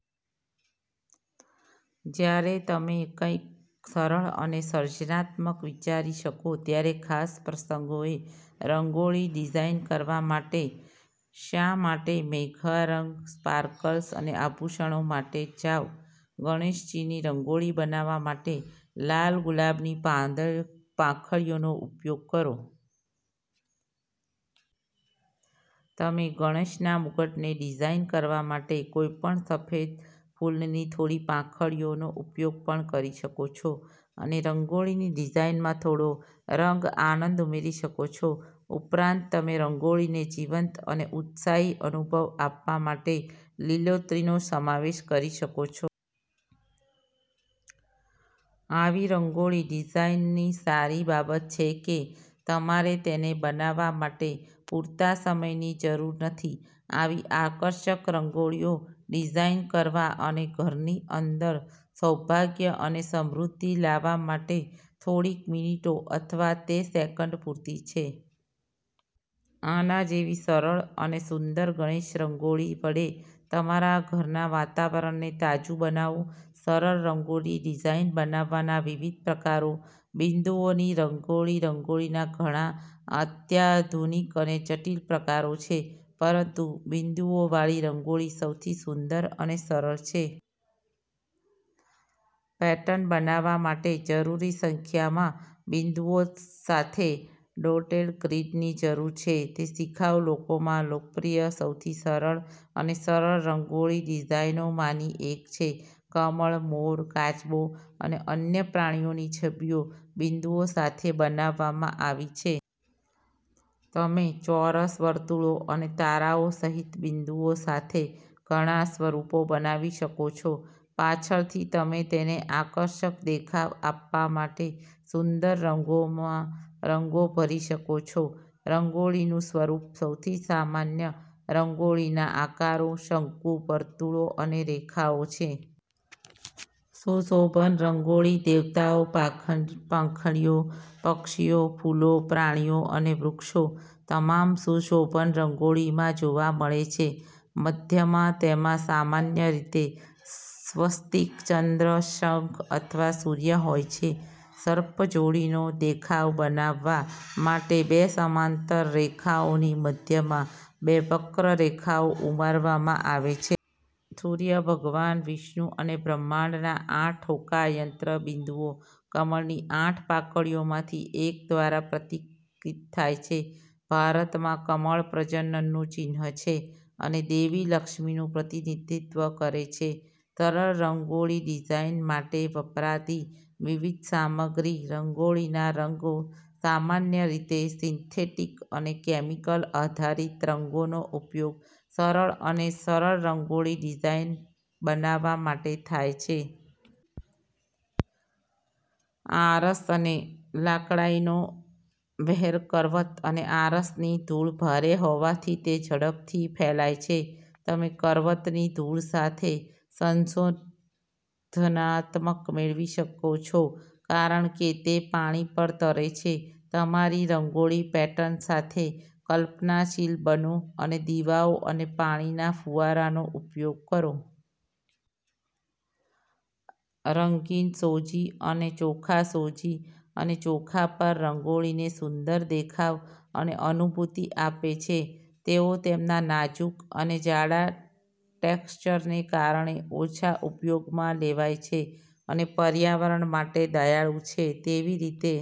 જ્યારે તમે કંઈક સરળ અને સર્જનાત્મક વિચારી શકો ત્યારે ખાસ પ્રસંગોએ રંગોળી ડિઝાઇન કરવા માટે શા માટે મોંઘા રંગો, સ્પાર્કલ્સ અને આભૂષણો માટે જાવ? ગણેશજીને રંગોળી બનાવવા માટે લાલ ગુલાબની પાંખડીઓનો ઉપયોગ કરો. તમે ગણેશના મુગટને ડિઝાઇન કરવા માટે કોઈપણ સફેદ ફૂલની થોડી પાંખડીઓનો ઉપયોગ પણ કરી શકો છો અને રંગોળીની ડિઝાઇનમાં થોડો રંગ આનંદ ઉમેરી શકો છો. ઉપરાંત, તમેરંગોળીને જીવંત અને ઉત્સાહી અનુભવ આપવા માટે લીલોતરીનો સમાવેશ કરી શકો છો. આવી રંગોળી ડિઝાઇનની સારી બાબતછે કે તમારે તેને બનાવવા માટે પૂરતા સમયની જરૂર નથી. આવી આકર્ષક રંગોળીઓ ડિઝાઇન કરવા અને ઘરની અંદર સૌભાગ્ય અને સમૃદ્ધિ લાવવા માટે થોડીક મિનિટો અથવા તો સેકન્ડ પૂરતી છે. આના જેવી સરળ અને સુંદર ગણેશ રંગોળી વડે તમારા ઘરના વાતાવરણને તાજું બનાવો સરળ રંગોળી ડિઝાઇન બનાવવાના વિવિધ પ્રકારો બિંદુઓની રંગોળીરંગોળીના ઘણા અત્યાધુનિક અને જટિલ પ્રકારો છે, પરંતુ બિંદુઓવાળી રંગોળી સૌથી સુંદર અને સરળ છે. પેટર્ન બનાવવા માટે જરૂરી સંખ્યામાં બિંદુઓ સાથે ડોટેડ ગ્રીડની જરૂર છે. તે શિખાઉ લોકોમાં લોકપ્રિય સૌથી સરળ અને સરળ રંગોળી ડિઝાઇનમાંની એક છે. કમળ, મોર, કાચબો અને અન્ય પ્રાણીઓની છબીઓ બિંદુઓ સાથે બનાવવામાં આવી છે. તમે ચોરસ, વર્તુળો અને તારાઓ સહિત બિંદુઓ સાથે ઘણા સ્વરૂપો બનાવી શકો છો. પાછળથી, તમે તેને આકર્ષક દેખાવ આપવા માટે સુંદર રંગોમાં રંગો ભરી શકો છો. રંગોળીનું સ્વરૂપસૌથી સામાન્ય રંગોળીના આકારો શંકુ, વર્તુળો અને રેખાઓ છે. સુશોભન રંગોળીદેવતાઓ, પાંખડીઓ, પક્ષીઓ, ફૂલો, પ્રાણીઓ અને વૃક્ષો તમામ સુશોભન રંગોળીમાં જોવા મળે છે. મધ્યમાં, તેમાં સામાન્ય રીતે સ્વસ્તિક, ચંદ્ર, શંખ અથવા સૂર્ય હોય છે. સર્પ જોડીનો દેખાવ બનાવવા માટે બે સમાંતર રેખાઓની મધ્યમાં બે વક્ર રેખાઓ ઉમેરવામાં આવે છે. સૂર્ય, ભગવાન વિષ્ણુ અને બ્રહ્માંડના આઠ હોકાયંત્ર બિંદુઓ કમળની આઠ પાંખડીઓમાંથી એક દ્વારા પ્રતીકિત છે. ભારતમાં, કમળ પ્રજનનનું ચિહ્ન છે અને દેવી લક્ષ્મીનું પ્રતિનિધિત્વ કરે છે. સરળ રંગોળી ડિઝાઇન માટે વપરાતી વિવિધ સામગ્રી રંગોળીના રંગોસામાન્ય રીતે સિન્થેટીક અને કેમિકલ આધારિત રંગોનો ઉપયોગ સરળ અને સરળ રંગોળી ડિઝાઇન બનાવવા માટે થાય છે. આરસ અને લાકડાંઈ નો વહેરકરવત અને આરસની ધૂળ ભારે હોવાથી તે ઝડપથી ફેલાય છે. તમે કરવતની ધૂળ સાથે સંશોધનાત્મક મેળવી શકો છો કારણ કે તે પાણી પર તરે છે. તમારી રંગોળી પેટર્ન સાથે કલ્પનાશીલ બનો અને દીવાઓ અને પાણીના ફુવારાનો ઉપયોગ કરો. રંગીન સોજી અને ચોખાસોજી અને ચોખા પણ રંગોળીને સુંદર દેખાવ અને અનુભૂતિ આપે છે. તેઓ તેમના નાજુક અને જાડા ટેક્સચરને કારણે ઓછા ઉપયોગમાં લેવાય છે અને પર્યાવરણ માટે દયાળુ છે. તેવીરીતે,